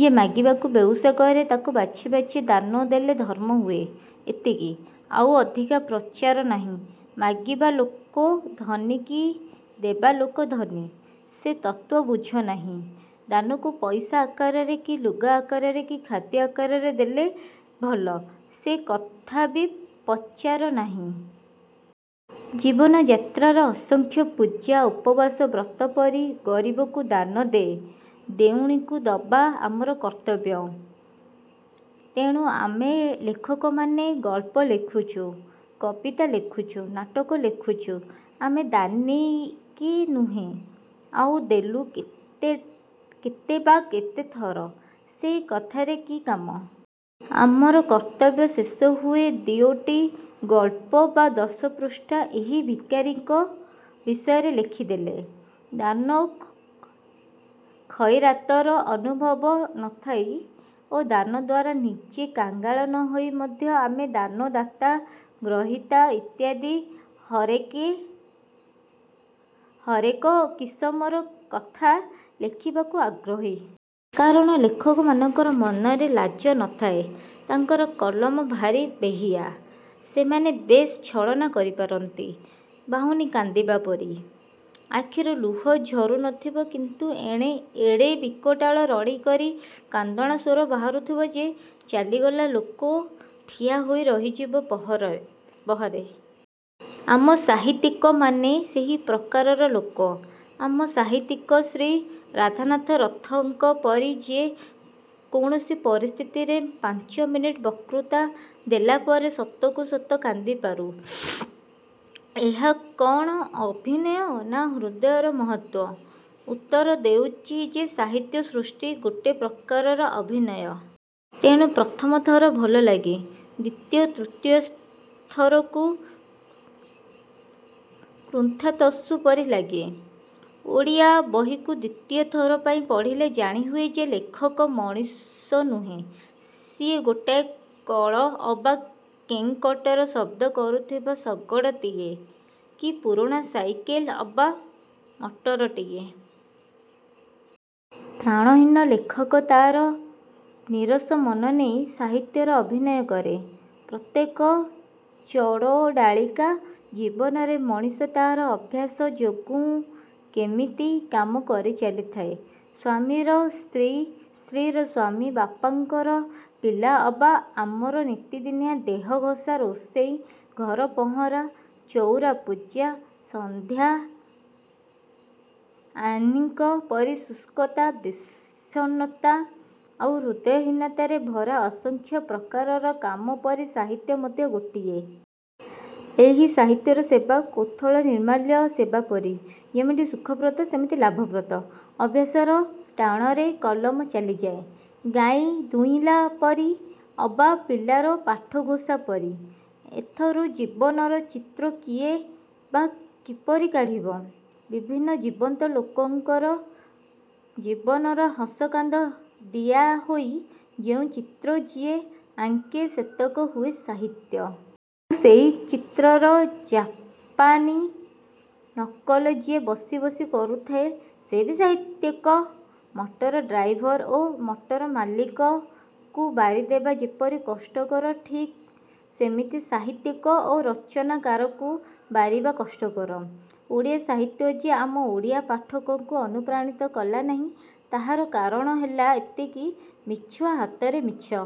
ଯିଏ ମାଗିବାକୁ ବେଉଷା କରେ ତାକୁ ବାଛି ବାଛି ଦାନ ଦେଲେ ଧର୍ମ ହୁଏ। ଏତିକି। ଆଉ ଅଧିକା ପଚାର ନାହିଁ। ମାଗିବା ଲୋକ ଧନୀ କି ଦେବା ଲୋକ ଧନୀ-ସେ ତତ୍ତ୍ୱ ବୁଝ ନାହିଁ। ଦାନକୁ ପଇସା ଆକାରରେ, କି ଲୁଗା ଆକାରରେ କି ଖାଦ୍ୟ ଆକାରରେ ଦେଲେ ଭଲ-ସେକଥା ବି ପଚାର ନାହିଁ-। ଜୀବନଯାତ୍ରାର ଅସଂଖ୍ୟ ପୂଜା ଉପବାସ ବ୍ରତ ପରି ଗରିବକୁ ଦାନ, ଦେ-ଦେଉଣିଙ୍କୁ ଦବା ଆମର କର୍ତ୍ତବ୍ୟ। ତେଣୁ ଆମେ ଲେଖକମାନେ ଗଳ୍ପ ଲେଖୁଛୁ, କବିତା ଲେଖୁଛୁ, ନାଟକ ଲେଖୁଛୁ-। ଆମେ ଦାନୀ କି ନୁହଁ ଆଉ ଦେଲୁ କେତେ ବା କେତେ ଥର-ସେ କଥାରେ କି କାମ? ଆମର କର୍ତ୍ତବ୍ୟ ଶେଷ ହୁଏ ଦିଓଟି ଗଳ୍ପ ବା ଦଶପୃଷ୍ଠା ଏହି ଭିକାରୀଙ୍କ ବିଷୟରେ ଲେଖି ଦେଲେ। ଦାନ ଖଇରାତର ଅନୁଭବ ନ ଥାଇ ଓ ଦାନ ଦ୍ୱାରା ନିଜେ କାଙ୍ଗାଳ ନ ହୋଇ ମଧ୍ୟ ଆମେ ଦାନ, ଦାତା, ଗ୍ରହୀତା ଇତ୍ୟାଦି ହରେକ କିସମର କଥା ଲେଖିବାକୁ ଆଗ୍ରହୀ। କାରଣ ଲେଖକମାନଙ୍କର ମନରେ ଲାଜ ନ ଥାଏ-ତାଙ୍କର କଲମ ଭାରି ବେହିଆ। ସେମାନେ ବେଶ୍ ଛଳନା କରିପାରନ୍ତି-ବାହୁନି କାନ୍ଦିବା ପରି। ଆଖିରୁ ଲୁହ ଝରୁ ନ ଥିବ କିନ୍ତୁ ଏଣେ ଏଡ଼େ ବିକଟାଳ ରଡ଼ି କରି କାନ୍ଦଣା ସ୍ୱର ବାହାରୁଥିବ ଯେ ଚାଲିଗଲା ଲୋକ ଠିଆ ହୋଇଯିବ ପହରେ। ଆମେ ସାହିତ୍ୟିକମାନେ ସେହି ପ୍ରକାରର ଲୋକ। ଆମେ ସାହିତ୍ୟିକ ଶ୍ରୀ ରାଧାନାଥ ରଥଙ୍କ ପରି ଯେ କୌଣସି ପରିସ୍ଥିତିରେ ପାଞ୍ଚମିନିଟ୍ ବକ୍ତୃତା ଦେଲା ପରେ ସତକୁ ସତ କାନ୍ଦିପାରୁ-। ଏହା କ'ଣ ଅଭିନୟ ନା ହୃଦୟର ମହତ୍ତ୍ୱ? ଉତ୍ତର ହେଉଛି ଯେ ସାହିତ୍ୟ ସୃଷ୍ଟି ଗୋଟାଏ ପ୍ରକାରର ଅଭିନୟ। ତେଣୁ ପ୍ରଥମ ଥର ଭଲ ଲାଗେ। ଦ୍ୱିତୀୟ ତୃତୀୟ ଥରକୁ କୁଣ୍ତାତସୁ ପରି ଲାଗେ। ଓଡ଼ିଆ ବହିକୁ ଦ୍ୱିତୀୟ ଥର ପାଇଁ ପଢ଼ିଲେ ଜାଣିହୁଏ ଯେ ଲେଖକ ମଣିଷ ନୁହେଁ-ସିଏ ଗୋଟାଏ କଳ ଅବା କେଁକଟର ଶଦ୍ଦ କରୁଥିବା ଶଗଡ଼ଟିଏ କି ପୁରୁଣା ସାଇକଲ୍ ଅବା ମଟରଟିଏ। ପ୍ରାଣହୀନ ଲେଖକ ତାହାର ନିରସ ମନ ନେଇ ସାହିତ୍ୟର ଅଭିନୟ କରେ। ପ୍ରତ୍ୟେକ ଚଡ଼ଡାଳିକା ଜୀବନରେ ମଣିଷ ତାହାର ଅଭ୍ୟାସ ଯୋଗୁଁ କେମିତି କାମ କରି ଚାଲିଥାଏ। ସ୍ୱାମୀର ସ୍ତ୍ରୀ, ସ୍ତ୍ରୀର ସ୍ୱାମୀ, ବାପମାଙ୍କର ପିଲା ଅବା ଆମର ନିତିଦିନିଆ ଦେହଘସା ରୋଷେଇ, ଘର ପହଁରା, ଚଉରା ପୂଜା, ସନ୍ଧ୍ୟା ଆହ୍ନିକ ପରି ଶୁଷ୍କତା ବିଷର୍ଣ୍ଣତା ଆଉ ହୃଦୟହୀନତାରେ ଭରା ଅସଂଖ୍ୟ ପ୍ରକାରର କାମ ପରି ସାହିତ୍ୟ ମଧ୍ୟ ଗୋଟିଏ। ଏହି ସାହିତ୍ୟର ସେବା କୋଥଳି ନିର୍ମାଲ୍ୟ ସେବା ପରି ଯେମିତି ସୁଖପ୍ରଦ ସେମିତି ଲାଭପ୍ରଦ। ଅଭ୍ୟାସର ଟାଣରେ କଲମ ଚାଲିଯାଏ ଗାଈ ଦୁହିଁଲା ପରି ଅବା ପିଲାର ପାଠଘୋଷା ପରି। ଏଥରୁ ଜୀବନର ଚିତ୍ର କିଏ ବା କିପରି କାଢ଼ିବ? ବିଭିନ୍ନ ଜୀବନ୍ତ ଲୋକଙ୍କର ଜୀବନର ହସକାନ୍ଦ ଦିଆ ହୋଇ ଯେଉଁ ଚିତ୍ର ଯିଏ ଆଙ୍କେ ସେତକ ହୁଏ ସାହିତ୍ୟ। ଆଉ ସେହି ଚିତ୍ରର ଯାପାନୀ ନକଲ ଯିଏ ବସି ବସି କରୁଥାଏ ସେ ବି ସାହିତ୍ୟିକ। ମଟର ଡ୍ରାଇଭର ଓ ମଟର ମାଲିକକୁ ବାରିଦେବା ଯେପରି କଷ୍ଟକର ଠିକ୍ ସେମିତି ସାହିତ୍ୟିକ ଓ ରଚନାକାରକୁ ବାରିବା କଷ୍ଟକର। ଓଡ଼ିଆ ସାହିତ୍ୟ ଯେ ଆମ ଓଡ଼ିଆ ପାଠକଙ୍କୁ ଅନୁପ୍ରାଣିତ କଲା ନାହିଁ ତାହାର କାରଣ ହେଲା ଏତିକି। ମିଛୁଆ ହାତରେ ମିଛ